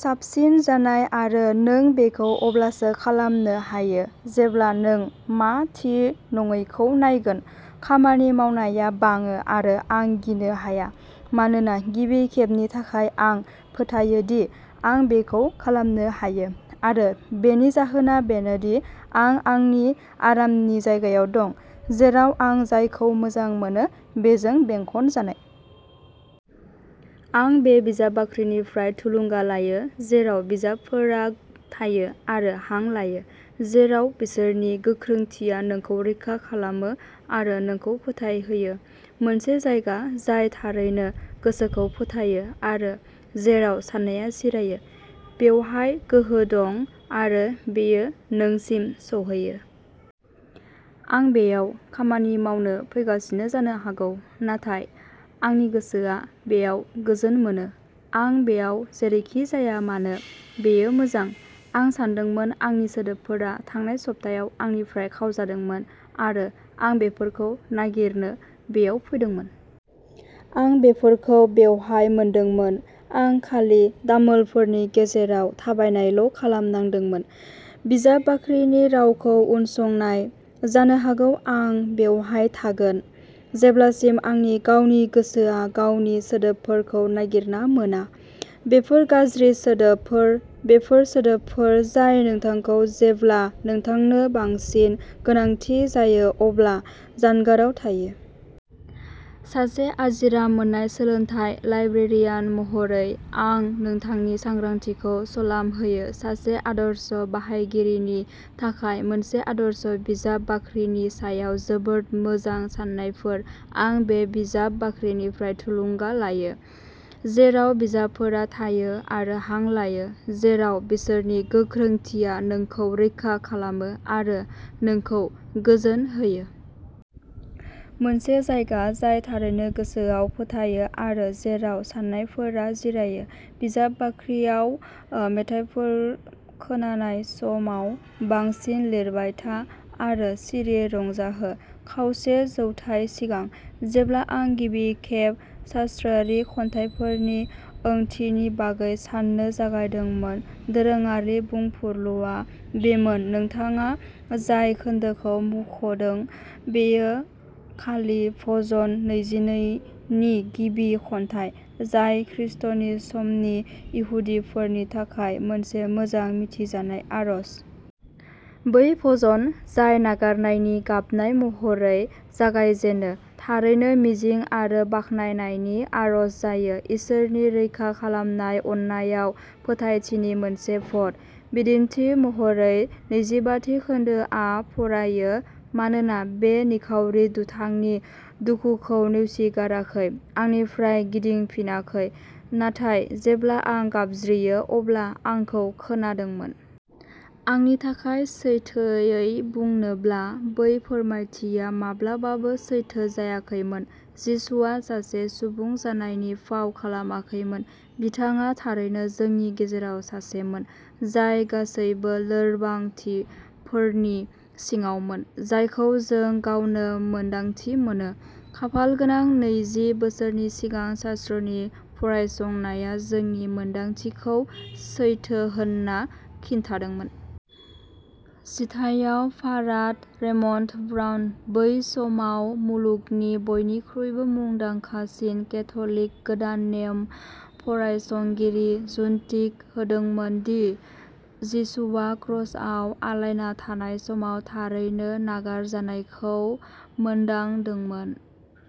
साबसिन जानाय आरो नों बेखौ अब्लासो खालामनो हायो जेब्ला नों मा थि नङैखौ नायगोन। खामानि मावनाया बाङो आरो आं गिनो हाया मानोना गिबि खेबनि थाखाय आं फोथायो दि आं बेखौ खालामनो हायो आरो बेनि जाहोना बेनो दि आं आंनि आरामनि जायगायाव दं जेराव आं जायखौ मोजां मोनो बेजों बेंखनजानाय। आं बे बिजाब बाख्रिनिफ्राय थुलुंगा लायो, जेराव बिजाबफोरा थायो आरो हां लायो, जेराव बिसोरनि गोख्रोंथिया नोंखौ रैखा खालामो आरो नोंखौ फोथायहोयो। मोनसे जायगा जाय थारैनो गोसोखौ फोथायो आरो जेराव साननाया जिरायो। बेवहाय गोहो दं आरो बेयो नोंसिम सौहैयो। आं बेयाव खामानि मावनो फैगासिनो जानो हागौ, नाथाय आंनि गोसोआ बेयाव गोजोन मोनो। आं बेयाव जेरैखि जाया मानो, बेयो मोजां। आं सान्दोंमोन आंनि सोदोबफोरा थांनाय सप्तायाव आंनिफ्राय खावजादोंमोन आरो आं बेफोरखौ नागिरनो बेयाव फैदोंमोन। आं बेफोरखौ बेवहाय मोनदोंमोन। आं खालि दामोलफोरनि गेजेराव थाबायनायल' खालामनांदोंमोन। बिजाब बाख्रिनि रावखौ उनसंनाय। जानो हागौ आं बेवहाय थागोन जेब्लासिम आंनि गावनि गोसोआ गावनि सोदोबफोरखौ नागिरना मोना। बेफोर गाज्रि सोदोबफोर, बेफोर सोदोबफोर जाय नोंथांखौ जेब्ला नोंथांनो बांसिन गोनांथि जायो अब्ला जानगाराव थायो। सासे आजिरा मोननाय सोलोंथाय लाइब्रेरियान महरै, आं नोंथांनि सांग्रांथिखौ सलाम होयो। सासे आदर्श बाहायगिरिनि थाखाय मोनसे आदर्श बिजाब बाख्रिनि सायाव जोबोद मोजां साननायफोर आं बे बिजाब बाख्रिनिफ्राय थुलुंगा लायो, जेराव बिजाबफोरा थायो आरो हां लायो, जेराव बिसोरनि गोख्रोंथिया नोंखौ रैखा खालामो आरो नोंखौ गोजोन होयो। मोनसे जायगा जाय थारैनो गोसोआव फोथायो आरो जेराव साननायफोरा जिरायो। बिजाब बाख्रियाव मेथाइफोर खोनानाय समाव बांसिन लिरबाय था आरो सिरि रंजाहो खावसे जौथाय सिगां, जेब्ला आं गिबि खेब शास्त्रारि खन्थाइफोरनि ओंथिनि बागै साननो जागायदोंमोन, दोरोङारि बुंफुरलुआ बेमोन नोंथाङा जाय खोनदोखौ मुंख'दों बेयो खालि भजन नैजिनै नि गिबि खन्थाइ, जाय ख्रिस्ट’नि समनि इहुदिफोरनि थाखाय मोनसे मोजां मिथिजानाय आरज। बै भजन जाय नागारनायनि गाबनाय महरै जागायजेनो थारैनो मिजिं आरो बाख्नायनायनि आरज जायो, इसोरनि रैखा खालामनाय अननायाव फोथायथिनि मोनसे भट। बिदिन्थि महरै, नैजिबाथि खोन्दोआ फरायो मानोना बे निखावरि दुथांनि दुखुखौ नेवसिगाराखै, आंनिफ्राय गिदिंफिनाखै, नाथाय जेब्ला आं गाबज्रियो अब्ला आंखौ खोनादोंमोन। आंनि थाखाय सैथोयै बुंनोब्ला, बै फोरमायथिया माब्लाबाबो सैथो जायाखैमोन। जिसुआ सासे सुबुं जानायनि फाव खालामाखैमोन। बिथाङा थारैनो जोंनि गेजेराव सासेमोन, जाय गासैबो लोरबांथिफोरनि सिङावमोन जायखौ जों गावनो मोन्दांथि मोनो। खाफालगोनां नैजि बोसोरनि सिगां शास्त्रनि फरायसंनाया जोंनि मोनदांथिखौ सैथो होनना खिन्थादोंमोन। जिथाइयाव, फादार रेमन्ड ब्राउन बै समाव मुलुगनि बयनिख्रुइबो मुंदांखासिन केथ'लिक गोदान नेम फरायसंगिरि जुक्ति होदोंमोन दि जिसुआ क्रसआव आलायना थानाय समाव थारैनो नागारजानायखौ मोनदांदोंमोन।